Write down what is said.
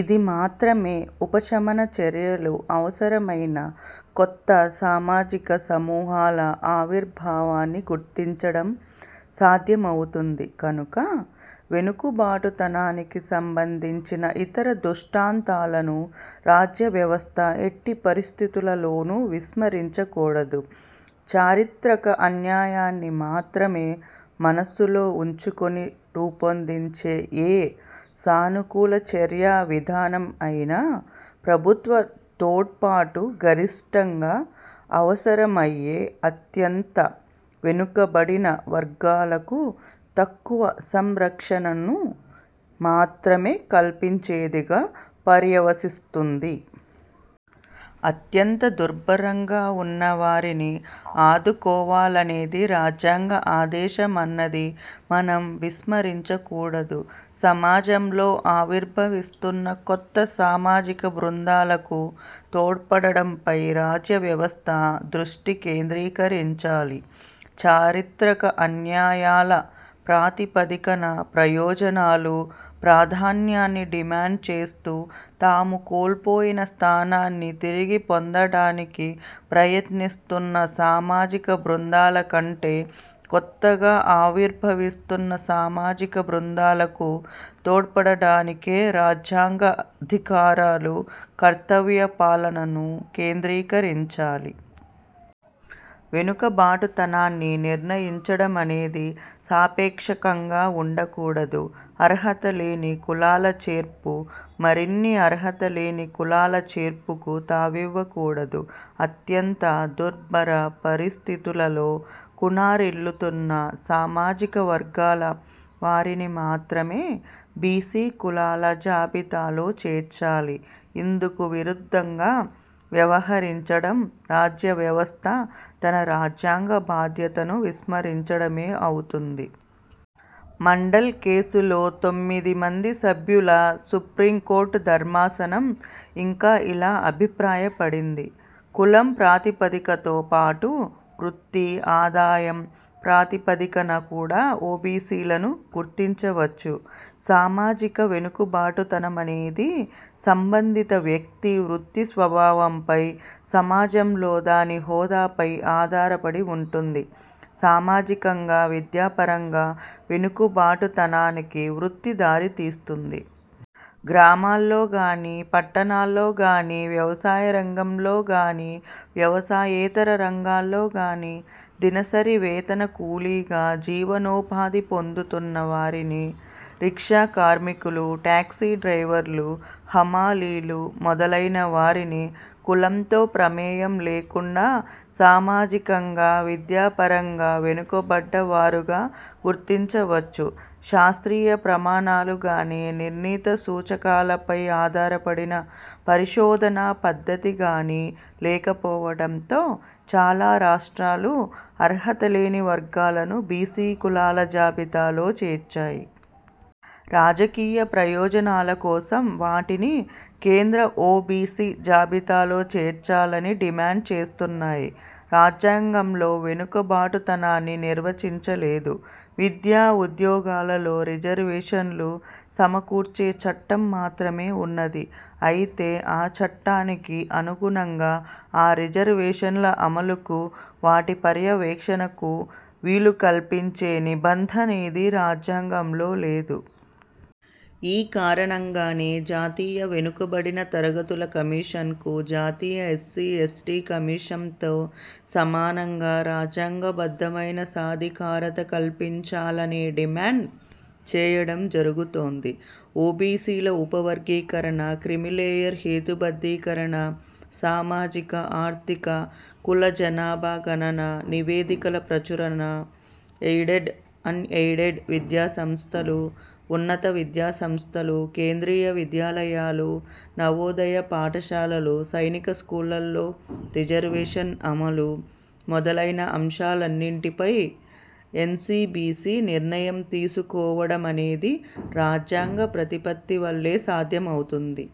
ఇది మాత్రమే ఉపశమన చర్యలు అవసరమైన కొత్త సామాజిక సమూహాల ఆవిర్భావాన్ని గుర్తించడం సాధ్యమవుతుంది కనుక వెనుకబాటుతనానికి సంబంధించిన ఇతర దృష్టాంతాలను రాజ్యవ్యవస్థ ఎట్టి పరిస్థితులలోనూ విస్మరించకూడదు. చారిత్రక అన్యాయాన్ని మాత్రమే మనస్సులో ఉంచుకొని రూపొందించే ఏ సానుకూల చర్యా విధానం అయినా ప్రభుత్వ తోడ్పాటు గరిష్ఠంగా అవసరమయ్యే అత్యంత వెనుకబడిన వర్గాలకు తక్కువ సంరక్షణను మాత్రమే కల్పించేదిగా పర్యవసిస్తుంది. అత్యంత దుర్భరంగా వున్నవారిని ఆదుకోవాలనేది రాజ్యాంగ ఆదేశమన్నది మనం విస్మరించకూడదు. సమాజంలో ఆవిర్భవిస్తున్న కొత్త సామాజిక బృందాలకు తోడ్పడడంపై రాజ్యవ్యవస్థ దృష్టి కేంద్రీకరించాలి. చారిత్రక అన్యాయాల ప్రాతిపదికన ప్రయోజనాలు, ప్రాధాన్యాన్ని డిమాండ్ చేస్తూ తాము కోల్పోయిన స్థానాన్ని తిరిగిపొందడానికి ప్రయత్నిస్తున్న సామాజిక బృందాల కంటే కొత్తగా ఆవిర్భవిస్తున్న సామాజిక బృందాలకు తోడ్పడానికే రాజ్యాంగ ధికారాలు, కర్తవ్య పాలనను కేంద్రీకరించాలి. వెనుకబాటుతనాన్ని నిర్ణయించడమనేది సాపేక్షంగా వుండకూడదు. అర్హతలేని కులాల చేర్పు మరిన్ని అర్హత లేని కులాల చేర్పుకు తావివ్వకూడదు. అత్యంత దుర్భర పరిస్థితులలో కునారిల్లుతున్న సామాజిక వర్గాల వారిని మాత్రమే బీసీ కులాల జాబితాలో చేర్చాలి. ఇందుకు విరుద్ధంగా వ్యవహరించడం రాజ్య వ్యవస్థ తన రాజ్యాంగ బాధ్యతను విస్మరించడమే అవుతుంది. మండల్ కేసులో తొమ్మిది మంది సభ్యుల సుప్రీంకోర్టు ధర్మాసనం ఇంకా ఇలా అభిప్రాయపడింది: 'కులం ప్రాతిపదికతో పాటు వృత్తి – ఆదాయం ప్రాతిపదికన కూడా ఓబీసీలను గుర్తించవచ్చు. సామాజిక వెనుకబాటుతనమనేది సంబంధిత వ్యక్తి వృత్తి స్వభావంపై, సమాజంలో దాని హోదాపై ఆధారపడి వుంటుంది. '. సామాజికంగా విద్యాపరంగా వెనుకబాటుతనానికి వృత్తి దారితీస్తుంది. గ్రామాల్లో గానీ, పట్టణాల్లో గానీ, వ్యవసాయంరంగంలో గానీ, వ్యవసాయేతర రంగాల్లో గానీ దినసరి వేతన కూలీగా జీవనోపాధి పొందుతున్న వారిని, రిక్షా కార్మికులు, టాక్సీ డ్రైవర్లు, హమాలీలు మొదలైన వారిని కులంతో ప్రమేయంలేకుండా సామాజికంగా, విద్యాపరంగా వెనుకబడ్డ వారుగా గుర్తించవచ్చు. శాస్త్రీయ ప్రమాణాలుగానీ, నిర్ణీత సూచకాలపై ఆధారపడిన పరిశోధనా పద్ధతి గానీ లేకపోవడంతో చాలా రాష్ట్రాలు అర్హతలేని వర్గాలను బీసీ కులాల జాబితాలో చేర్చాయి. రాజకీయ ప్రయోజనాల కోసం వాటిని కేంద్ర ఓబీసీ జాబితాలో చేర్చాలని డిమాండ్ చేస్తున్నాయి. రాజ్యాంగంలో వెనుకబాటుతనాన్ని నిర్వచించలేదు. విద్యా ఉద్యోగాలలో రిజర్వేషన్లు సమకూర్చే చట్టం మాత్రమే ఉన్నది. అయితే ఆ చట్టానికి అనుగుణంగా ఆ రిజర్వేషన్ల అమలుకు, వాటి పర్యవేక్షణకు వీలు కల్పించే నిబంధనేదీ రాజ్యాంగంలో లేదు. ఈ కారణంగానే జాతీయ వెనుకబడిన తరగతుల కమిషన్కు జాతీయ ఎస్సీ, ఎస్టీ కమిషన్తో సమానంగా రాజ్యాంగబద్ధమైన సాధికారత కల్పించాలనే డిమాండ్ చేయడం జరగుతోంది. ఓబీసీల ఉప వర్గీకరణ, క్రీమీలేయర్ హేతుబద్ధీకరణ, సామాజిక–ఆర్థిక కుల జనాభా గణన– నివేదికల ప్రచురణ, ఎయిడెడ్, అన్ ఎయిడెడ్ విద్యా సంస్థలు, ఉన్నత విద్యాసంస్థలు, కేంద్రీయ విద్యాలయాలు, నవోదయ పాఠశాలలు, సైనిక్ స్కూళ్ళలో రిజర్వేషన్ల అమలు, మొదలైన అంశాలన్నిటిపై ఎన్సీబీసీ నిర్ణయం తీసుకోవడమనేది రాజ్యాంగ ప్రతిపత్తి వల్లే సాధ్యమవుతుంది.